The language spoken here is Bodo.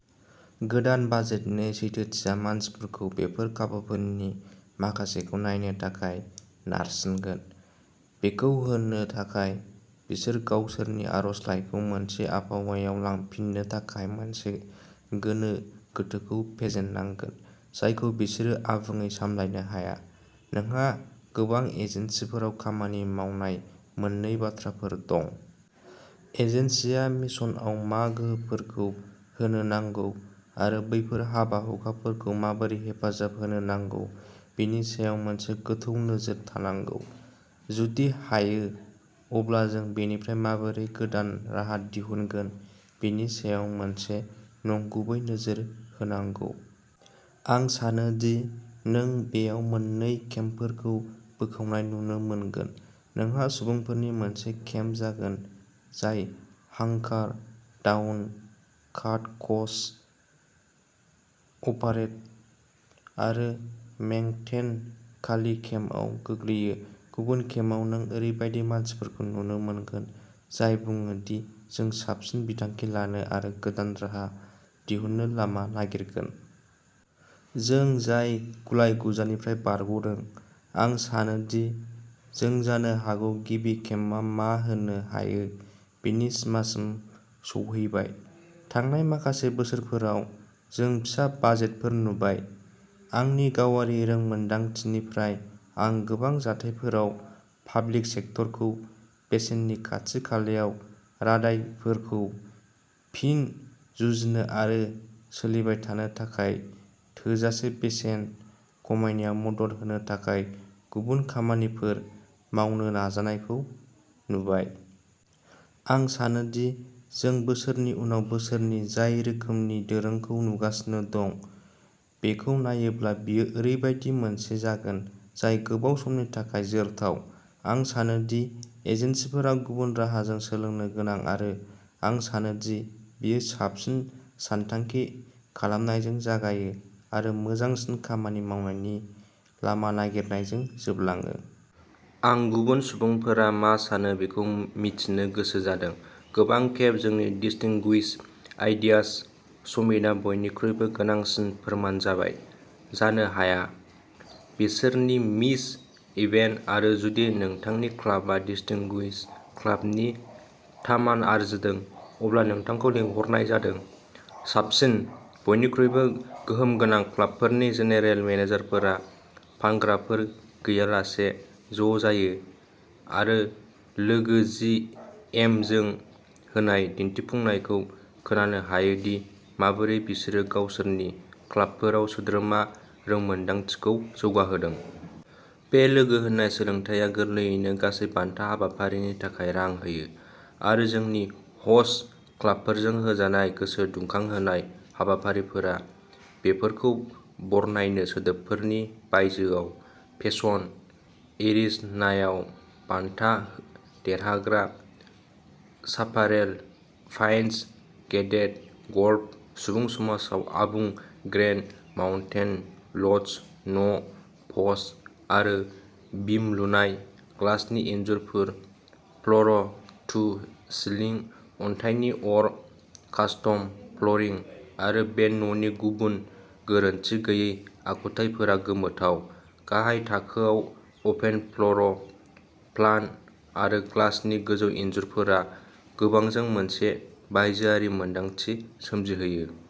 गोदान बाजेटनि सैथोथिया मानसिफोरखौ बेफोर खाबुफोरनि माखासेखौ नायनो थाखाय नारसिनगोन। बेखौ होनो थाखाय, बिसोर गावसोरनि आर'जलाइखौ मोनसे आबहावायाव लांफिननो थाखाय मोनसे गोनो गोथोखौ फेजेननांगोन जायखौ बिसोरो आबुङै सामलायनो हाया। नोंहा गोबां एजेन्सिफोराव खामानि मावनाय मोन्नै बाथ्राफोर दं। एजेन्सिआ मिशनआव मा गोहोफोरखौ होनो नांगौ आरो बैफोर हाबा-हुखाफोरखौ माबोरै हेफाजाब होनो नांगौ, बेनि सायाव मोनसे गोथौ नोजोर थानांगौ। जुदि हायो, अब्ला जों बेनिफ्राय माबोरै गोदान राहा दिहुनगोन बेनि सायाव मोनसे नंगुबै नोजोर होनांगौ। आं सानो दि नों बेयाव मोन्नै केम्पफोरखौ बोखावनाय नुनो मोनगोन। नोंहा सुबुंफोरनि मोनसे केम्प जागोन जाय हांकार डाउन, काट कस्ट, अपारेट आरो मेंटेन खालि केम्पआव गोग्लैयो। गुबुन केम्पआव नों ओरैबायदि मानसिफोरखौ नुनो मोनगोन जाय बुङो दि जों साबसिन बिथांखि लानो आरो गोदान राहा दिहुननो लामा नागिरगोन। जों जाय गुलाय-गुजायनिफ्राय बारग'दों। आं सानो दि जों जानो हागौ गिबि केम्पआ मा होननो हायो बेनि सिमासिम सौहैबाय। थांनाय माखासे बोसोरफोराव जों फिसा बाजेटफोर नुबाय। आंनि गावारि रोंमोनदांथिनिफ्राय आं गोबां जाथायफोराव पाब्लिक सेक्टरखौ बेसेननि खाथि-खालायाव रादायफोरखौ फिन जुजिनो आरो सोलिबाय थानो थाखाय थोजासे बेसेन खमायनायाव मदद होनो थाखाय गुबुन खामानिफोर मावनो नाजानायखौ नुबाय। आं सानो दि जों बोसोरनि उनाव बोसोरनि जाय रोखोमनि दोरोंखौ नुगासिनो दं बेखौ नायोब्ला बेयो ओरैबायदि मोनसे जागोन जाय गोबाव समनि थाखाय जोरथाव। आं सानो दि एजेन्सिफोरा गुबुन राहाजों सोलोंनो गोनां आरो आं सानो दि बेयो साबसिन सानथांखि खालामनायजों जागायो आरो मोजांसिन खामानि मावनायनि लामा नागिरनायजों जोबलाङो। आं गुबुन सुबुंफोरा मा सानो बेखौ मिथिनो गोसो जादों। गोबां खेब, जोंनि डिस्टिंगुइश्ड आइडियाज समिटआ बयनिख्रुइबो गोनांसिन फोरमान जाबाय, जानो हाया। बेसोरनि मिस इभेन्ट, आरो जुदि नोंथांनि क्लाबआ डिस्टिंगुइश्ड क्लाबनि थामान आरजिदों, अब्ला नोंथांखौ लिंहरनाय जादों साबसिन, बयनिख्रुइबो गोहोम गोनां क्लाबफोरनि जेनेरेल मेनेजारफोरा फानग्राफोर गैयालासे ज'जायो आरो लोगो जि एम जों होनाय दिन्थिफुंनायखौ खोनानो हायो दि माबोरै बिसोरो गावसोरनि क्लाबफोराव सोद्रोमा रोंमोनदांथिखौ जौगाहोदों। बे लोगो होन्नाय सोलोंथायआ गोरलैयैनो गासै बान्था हाबाफारिनि थाखाय रां होयो, आरो जोंनि ह'स्ट क्लाबफोरजों होजानाय गोसो दुंखांहोनाय हाबाफारिफोरा बेफोरखौ बरनायनो सोदोबफोरनि बायजोआव पेसन, एरिज'नायाव बान्था देरहाग्रा चापारेल पाइन्स गेटेड, गल्फ सुबुं समाजाव आबुं ग्रेन्ड माउन्टेन लज न' प'स्ट आरो बिम लुनाय, ग्लासनि इनजुरफोर, फ्ल'र-टु-सिलिं अन्थाइनि अर, कास्टम फ्ल'रिं आरो बे न'नि गुबुन गोरोनथि गैयै आखुथायफोरा गोमोथाव, गाहाय थाखोआव अपेन फ्ल'र प्लान आरो ग्लासनि गोजौ इनजुरफोरा गोबांजों मोनसे बायजोआरि मोनदांथि सोमजिहोयो।